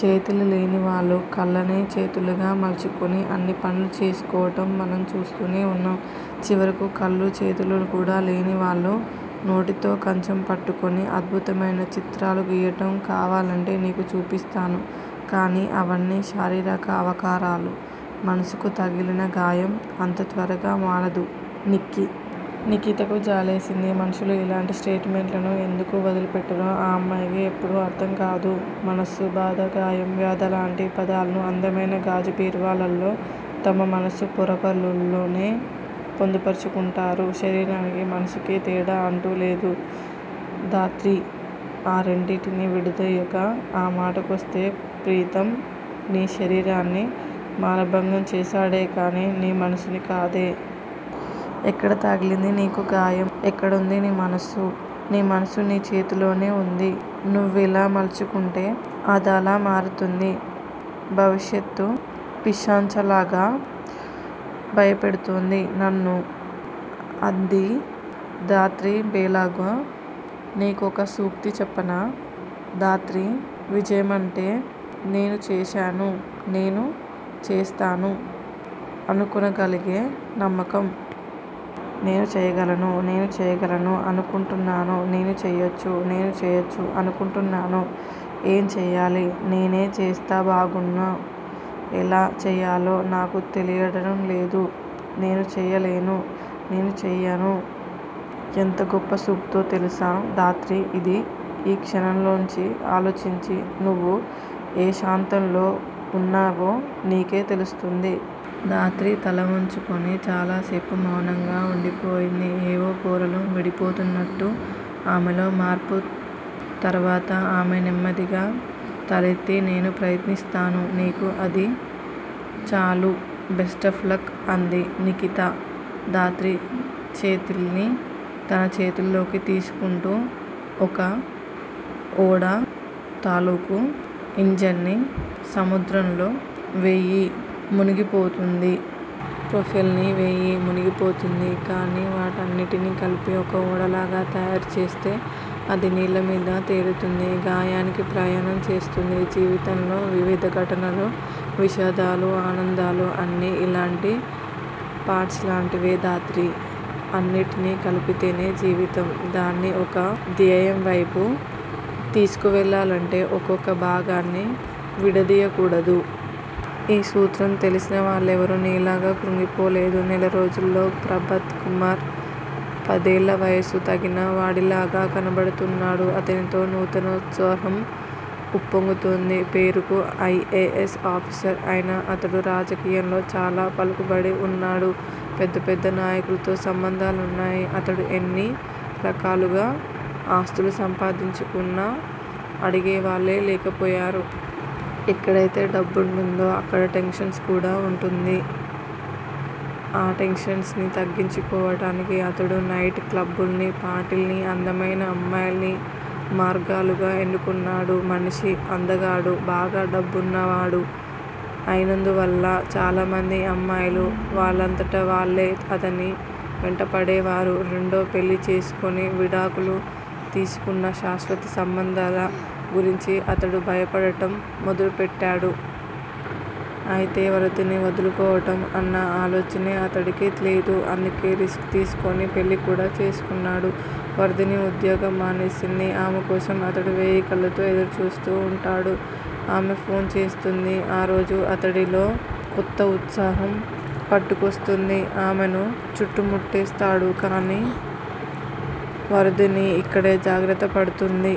చేతుల్లేని వాళ్ళు కాళ్ళనే చేతులుగా మలుచుకోని అన్ని పనులు చేసుకోవటం మనం చూస్తూనే వున్నాం. చివరికి కాళ్ళూ, చేతులూ కూడా లేని వాళ్ళు, నోటితో కుంచె పట్టుకుని అద్భుతమైన చిత్రాలు గీయటం కావాలంటే నీకు చూపిస్తాను. కానీ, అవన్నీ శారీరక అవకరాలు. మనసుకి తగిలిన గాయం అంత త్వరగా మానదు నిక్కీ. నిఖితకి జాలేసింది. మనుషులు ఇలాంటి సెంటిమెంట్లని ఎందుకు వదిలిపెట్టరో ఆ అమ్మాయికి ఎప్పుడూ అర్థంకాదు. మనసు, బాధ, గాయం, వ్యధలాంటి పదాలు అందమైన గాజు బీరువాల్లోలా తమ మనసు పొరల్లోనే పొందుపరచుకుంటారు. శరీరానికి, మనసుకీ తేడా అంటూ లేదు ధాత్రీ! ఆ రెంటినీ విడదీయకు. ఆ మాటకొస్తే ప్రీతమ్ నీ శరీరాన్ని మానభంగం చేశాడేకానీ నీ మనసుని కాదే! ఎక్కడ తగిలింది నీకు గాయం? ఎక్కడుంది నీ మనసు? నీ మనసు నీ చేతుల్లోనే వుంది. నువ్వెలా మలుచుకుంటే అదలా మారుతుంది. భవిష్యత్తు పిశాచంలాగా భయపెడుతోంది నన్ను అంది ధాత్రి బేలగా. నీకొక సూక్తి చెప్పనా ధాత్రీ. విజయమంటే నేను చేశాను నేను చేస్తాను అనుకోగలిగే నమ్మకం. నేను చేయగలను. నేను చేయగలను అనుకుంటున్నాను. నేను చెయ్యొచ్చు. నేను చెయ్యొచ్చు అనుకుంటున్నాను. ఏం చెయ్యాలి? నేనే చేస్తే బాగుణ్ను. ఎలా చెయ్యాలో నాకు తెలియటంలేదు. నేను చెయ్యలేను. నేను చెయ్యను. ఎంత గొప్ప సూక్తో తెలుసా ధాత్రీ ఇది! ఈ కోణంలోంచి ఆలోచించు. నువ్వు ఏ శాతంలో వున్నావో నీకే తెలుస్తుంది. ధాత్రి తలవంచుకొని చాలాసేపు మౌనంగా వుండిపోయింది. ఏవో పొరలు విడిపోతున్నట్టు ఆమెలో మార్పు. తరువాత ఆమె నెమ్మదిగా తలెత్తి నేను ప్రయత్నిస్తాను నిక్కీ అంది. చాలు బెస్టాఫ్ లక్ అంది నిఖిత ధాత్రి చేతుల్ని తన చేతుల్లోకి తీసుకుంటూ. ఒక ఓడ తాలూకు ఇంజన్ ని సముద్రంలో వెయ్యి, మునిగిపోతుంది. ప్రోఫెల్లర్ ని వెయ్యి మునిగిపోతుంది. కానీ వాటిన్నింటినీ కలిపి ఒక ఓడలాగా తయారుచేస్తే అది నీళ్ళమీద తేలుతుంది. గమ్యానికి ప్రయాణం చేస్తుంది. జీవితంలో వివిధ సంఘటనలు, విషాదాలు, ఆనందాలు అన్నీ ఇలాంటి పార్ట్స్ లాంటివే ధాత్రీ. అన్నిటినీ కలిపితేనే జీవితం. దాన్ని ఒక ధ్యేయంవైపు తీసుకెళ్ళాలంటే ఒక్కొక్క భాగాన్నీ విడదీయకూడదు. ఈ సూత్రం తెలిసిన వాళ్లెవరూ నీలాగా కృంగిపోలేదు. నెలరోజుల్లో ప్రభాత్ కుమార్ పదేళ్ళ వయసు తగ్గిన వాడిలాగా కనపడుతున్నాడు. అతనిలో నూతనోత్సాహం ఉప్పొంగుతోంది. పేరుకి ఐ. ఎ. ఎస్. ఆఫీసర్ అయినా అతడు రాజకీయాల్లో చాలా పలుకుబడి వున్నాడు. పెద్ద పెద్ద నాయకులతో సత్సంబంధాలున్నాయి. అతడు ఎన్ని రకాలుగా ఆస్తులు సంపాదించుకున్నా అడిగేవాళ్ళే లేకపొయ్యారు. ఎక్కడైతే డబ్బుంటుందో అక్కడ టెన్షన్ కూడా వుంటుంది. ఆ టెన్షన్ ని తగ్గించుకోవటానికి అతడు నైట్ క్లబ్బుల్ని, పార్టీల్ని, అందమైన అమ్మాయిల్ని మార్గాలుగా ఎన్నుకున్నాడు. మనిషి అందగాడు, బాగా డబ్బున్నవాడు అయినందువల్ల చాలామంది అమ్మాయిలు వాళ్ళంతట వాళ్ళే అతని వెంటపడేవారు. రెండోపెళ్ళి చేసుకొని విడాకులు తీసుకున్నాక శాశ్వత సంబంధాల గురించి అతడు భయపడటం మొదలుపెట్టాడు. అయితే వరూధినిని వదులుకోవటం అన్న ఆలోచనే అతడికి లేదు. అందుకే రిస్క్ తీసుకొని పెళ్ళికూడా చేసుకున్నాడు. వరూధిని ఉద్యోగం మానేసింది. ఆమెకోసం అతడు వెయ్యికళ్ళతో ఎదురుచూస్తూ వుంటాడు. ఆమె ఫోన్ చేస్తుంది. ఆ రోజు అతడిలో కొత్తఉత్సాహం పుట్టుకొస్తుంది. ఆమెను ప్రభంజనంలా చుట్టుముట్టేస్తాడు. కానీ వరూధిని ఇక్కడే జాగ్రత్త పడుతుంది.